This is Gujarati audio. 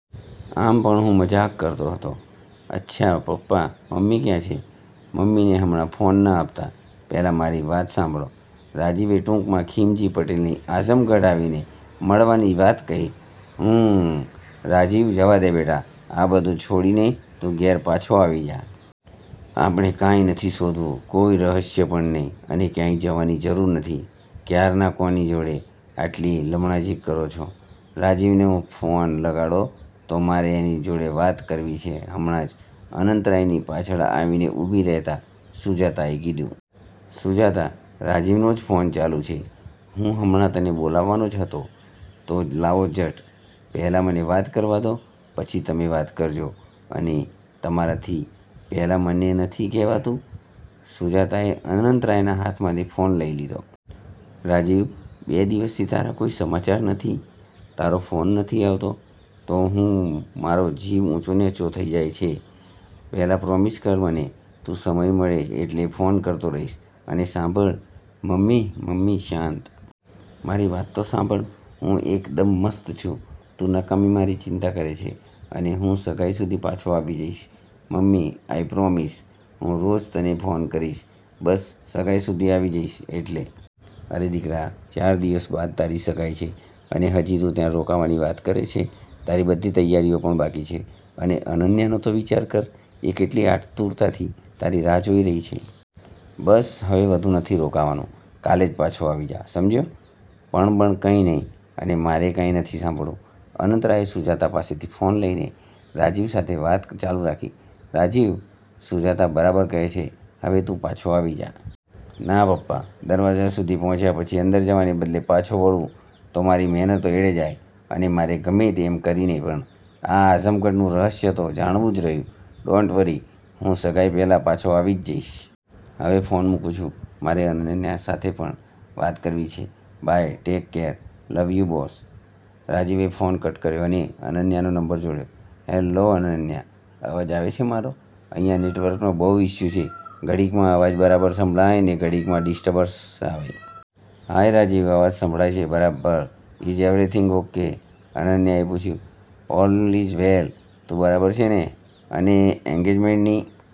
આમ પણ હું મજાક કરતો હતો. "અચ્છા પપ્પા, મમ્મી ક્યાં છે? મમ્મીને હમણાં ફોન ન આપતા પહેલા મારી વાત સાંભળો." રાજીવે ટૂંકમાં ખીમજી પટેલની આઝમગઢ આવીને મળવાની વાત કહી. "હમ્મ રાજીવ, જવા દે બેટા, આ બધું છોડીને તું ઘરે પાછો આવી જા. આપણે કાંઈ નથી શોધવું, કોઈ રહસ્ય પણ નહીં અને ક્યાંય જવાની જરૂર નથી." "ક્યારના કોની જોડે આટલી લમણાઝીંક કરો છો? રાજીવને ફોન લગાડો તો મારે એની જોડે વાત કરવી છે. હમણાં જ," અનંતરાયની પાછળ આવીને ઊભી રહેતા સુજાતાએ કીધું. "સુજાતા, રાજીવનો જ ફોન ચાલુ છે, હું હમણાં તને બોલાવવાનો જ હતો." "તો લાવો ઝટ, પહેલાં મને વાત કરવા દો પછી તમે વાત કરજો અને તમારાથી પહેલા મને નથી કહેવાતું?" સુજાતાએ અનંતરાયના હાથમાંથી ફોન લઈ લીધો. "રાજીવ, બે દિવસથી તારા કોઈ સમાચાર નથી, તારો ફોન નથી આવતો તો મારો જીવ ઊંચો નીચો થઈ જાય છે. પહેલાં પ્રોમિસ કર મને તું સમય મળે એટલે ફોન કરતો રહીશ, અને સાંભળ." "મમ્મી, મમ્મી શાંત. મારી વાત તો સાંભળ. હું એકદમ મસ્ત છું, તું નકામી મારી ચિંતા કરે છે, અને હું સગાઈ સુધી પાછો આવી જઈશ. મમ્મી આઈ પ્રોમિસ, હું રોજ તને ફોન કરીશ, બસ." "સગાઈ સુધી આવી જઈશ એટલે? અરે દીકરા, ચાર દિવસ બાદ તારી સગાઈ છે અને હજી તું ત્યાં રોકાવાની વાત કરે છે. તારી બધી તૈયારીઓ પણ બાકી છે અને અનન્યાનો તો વિચાર કર, એ કેટલી આતુરતાથી તારી રાહ જોઈ રહી છે. બસ હવે વધુ નથી રોકાવાનું, કાલે જ પાછો આવી જા, સમજ્યો?" "પણ-બણ કાંઈ નહિ અને મારે કાંઈ નથી સાંભળવું," અનંતરાયે સુજાતા પાસેથી ફોન લઈને રાજીવ સાથે વાત ચાલુ રાખી. "રાજીવ, સુજાતા બરાબર કહે છે, હવે તું પાછો આવી જા." "ના પપ્પા, દરવાજા સુધી પહોંચ્યા પછી અંદર જવાને બદલે પાછો વળું તો મારી મહેનત એળે જાય, અને મારે ગમે એમ કરીને પણ આ આઝમગઢનું રહસ્ય તો જાણવું જ રહ્યું. ડોન્ટ વરી, હું સગાઈ પહેલા પાછો આવી જ જઈશ. હવે ફોન મૂકું છું, મારે અનન્યા સાથે પણ વાત કરવી છે. Bye, take care, love you both." રાજીવે ફોન કટ કર્યો અને અનન્યાનો નંબર જોડ્યો. "હેલ્લો, અનન્યા, અવાજ આવે છે મારો? અહીંયા નેટવર્કનો બહુ ઇસ્યુ છે, ઘડીકમાં અવાજ બરાબર સંભળાય ને ઘડીકમાં ડિસ્ટર્બન્સ આવે." "હાય રાજીવ, અવાજ સંભળાય છે બરાબર. Is everything okay?" અનન્યાએ પૂછ્યું. "ઓલ ઇઝ વેલ, તું બરાબર છે ને? અને એંગેજમેન્ટની